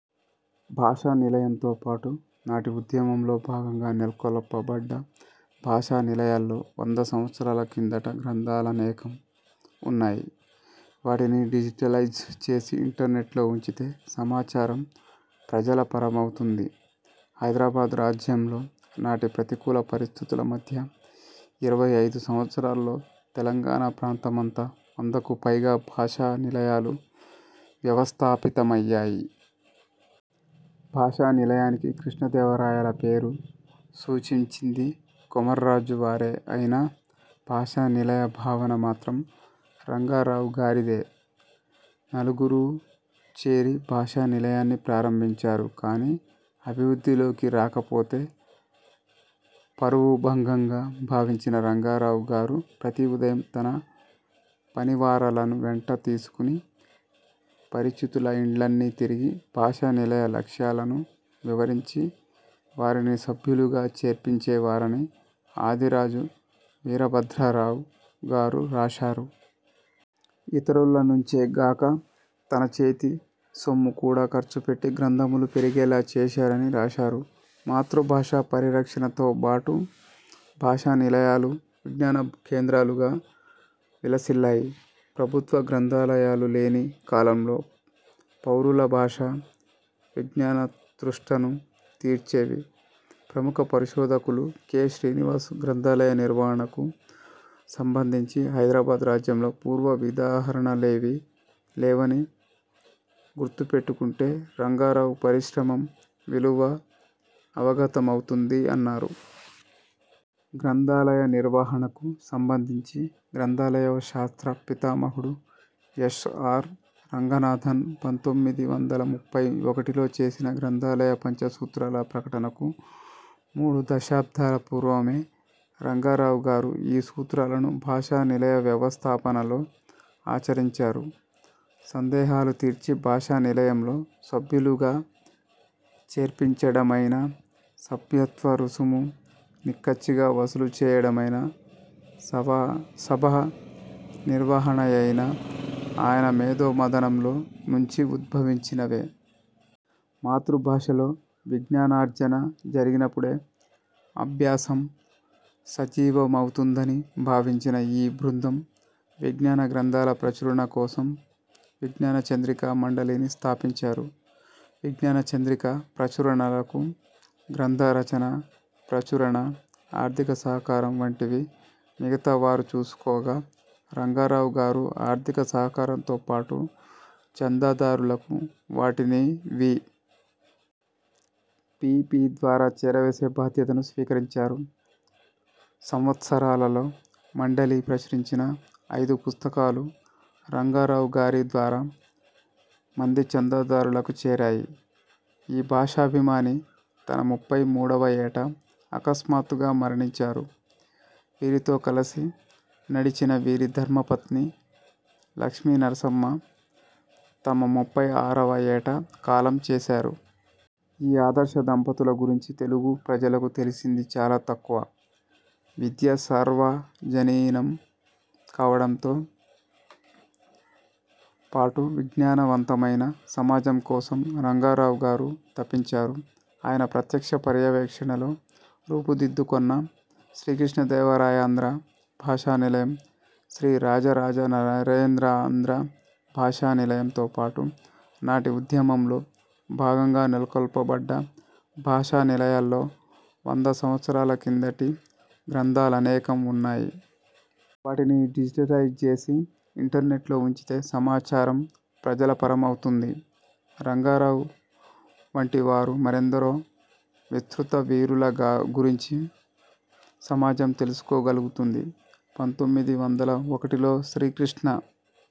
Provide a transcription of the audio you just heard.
భాషా నిలయంతో పాటు నాటి ఉద్యమంలో భాగంగా నెలకొల్ప బడ్డ భాషా నిలయాల్లో వంద సంవత్సరాల కిందటి గ్రంథాలనేకం ఉన్నాయి. వాటిని డిజిటలైజ్ చేసి ఇంటర్నెట్లో ఉంచితే సమాచారం ప్రజల పరమౌతుంది. హైదరాబాద్ రాజ్యంలో నాటి ప్రతికూల పరిస్థితుల మధ్య ఇరవై ఐదు సంవత్సరాల్లో తెలంగాణ ప్రాంతమంతా వందకు పైగా భాషా నిలయాలు వ్యవస్థాపితమయ్యాయి. భాషా నిలయానికి కృష్ణ దేవరాయల పేరు సూచిం చింది కొమర్రాజువారే ఐనా, భాషా నిలయ భావన మాత్రం రంగారావు గారిదే. నలుగురూ చేరి భాషా నిలయాన్ని ప్రారంభించారు కానీ అభివృద్ధిలోకి రాకపోతే పరువు భంగంగా భావించిన రంగారావు గారు ప్రతి ఉదయం తన పనివారలను వెంట తీసుకుని పరిచితుల ఇండ్లన్నీ తిరిగి భాషా నిలయ లక్ష్యా లను వివరించి వారిని సభ్యులుగా చేర్పించేవారని ఆదిరాజు వీరభద్రరావు గారు రాశారు. ఇతరుల నుంచే గాక తన చేతి సొమ్ముకూడా ఖర్చుపెట్టి గ్రంథములు పెరిగేలా చేశారని రాశారు. మాతృభాషా పరిరక్షణతో బాటు భాషా నిలయాలు విజ్ఞాన కేంద్రాలుగా విలసిల్లాయి. ప్రభుత్వ గ్రంథాలయాలు లేని కాలంలో పౌరుల భాషా, విజ్ఞాన తృష్ణను తీర్చేవి. ప్రముఖ పరిశోధకులు కె. శ్రీనివాస్ గ్రంథాలయ నిర్వహణకు సంబంధించి హైదరాబాద్ రాజ్యంలో పూర్వ ఉదాహరణలేవీ లేవని గుర్తు పెట్టుకుంటే రంగారావు పరిశ్రమం విలువ అవగతమౌతుంది అన్నారు. గ్రంథాలయ నిర్వహణకు సంబంధించి గ్రంథాలయ శాస్త్ర పితామహుడు యస్. ఆర్. రంగనాథన్ పంతొమ్మిది వందల ముప్పై ఒకటిలో చేసిన గ్రంథాలయ పంచసూత్రాల ప్రకటనకు మూడు దశాబ్దాల పూర్వమే రంగారావుగారు ఈ సూత్రాలను భాషా నిలయ వ్యవస్థాపనలో ఆచరించారు. సందేహాలు తీర్చి భాషా నిలయంలో సభ్యులుగా చేర్పించడమైనా, సభ్యత్వ రుసుము నిక్కచ్చిగా వసూలు చేయడమైనా, సభ సభా నిర్వహణయైనా ఆయన మేధోమధనంలో నుంచి ఉద్భవించినవే. మాతృభాషలో విజ్ఞానార్జన జరిగినపుడే అభ్యాసం సజీవమౌతుందని భావించిన ఈ బృందం విజ్ఞాన గ్రంథాల ప్రచురణ కోసం విజ్ఞాన చంద్రికా మండలి ని స్థాపించారు. విజ్ఞాన చంద్రిక ప్రచురణలకు గ్రంథ రచన, ప్రచురణ, ఆర్థిక సహకారం వంటివి మిగతా వారు చూసుకోగా రంగారావు గారు ఆర్థిక సహకారంతో పాటు చందాదారులకు వాటిని వి. పి. పి ద్వారా చేరవేసే బాధ్యతను స్వీకరించారు., సంవత్సరాలలో మండలి ప్రచురించిన ఐదు పుస్తకాలు రంగారావు గారి ద్వారా మంది చందాదారులకు చేరాయి. ఈ భాషాభిమాని తన ముప్పై మూడువ యేట అకస్మాత్తుగా మరణించారు. వీరితో కలసి నడిచిన వీరి ధర్మపత్ని లక్ష్మీనరసమ్మ తమ ముప్పై ఆరువ యేట కాలం చేశారు. ఈ ఆదర్శ దంపతుల గురించి తెలుగు ప్రజలకు తెలిసింది చాలా తక్కువ. విద్య సార్వజనీనం కావడంతో పాటు విజ్ఞాన వంతమైన సమాజం కోసం రంగారావు గారు తపించారు. ఆయన ప్రత్యక్ష పర్యవేక్షణలో రూపు దిద్దుకొన్న శ్రీ కృష్ణదేవరాయాంధ్ర భాషానిలయం, శ్రీరాజరాజ నరేంద్రాంధ్ర భాషా నిలయంతో పాటు నాటి ఉద్యమంలో భాగంగా నెలకొల్ప బడ్డ భాషా నిలయాల్లో వంద సంవత్సరాల కిందటి గ్రంథాలనేకం ఉన్నాయి. వాటిని డిజిటలైజ్ చేసి ఇంటర్నెట్లో ఉంచితే సమాచారం ప్రజల పరమౌతుంది. రంగారావు వంటి వారు మరెందరో విసృత వీరుల గురించి సమాజం తెలుసుకోగలుగుతుంది పంతొమ్మిది వందల ఒకటిలో శ్రీకృష్ణ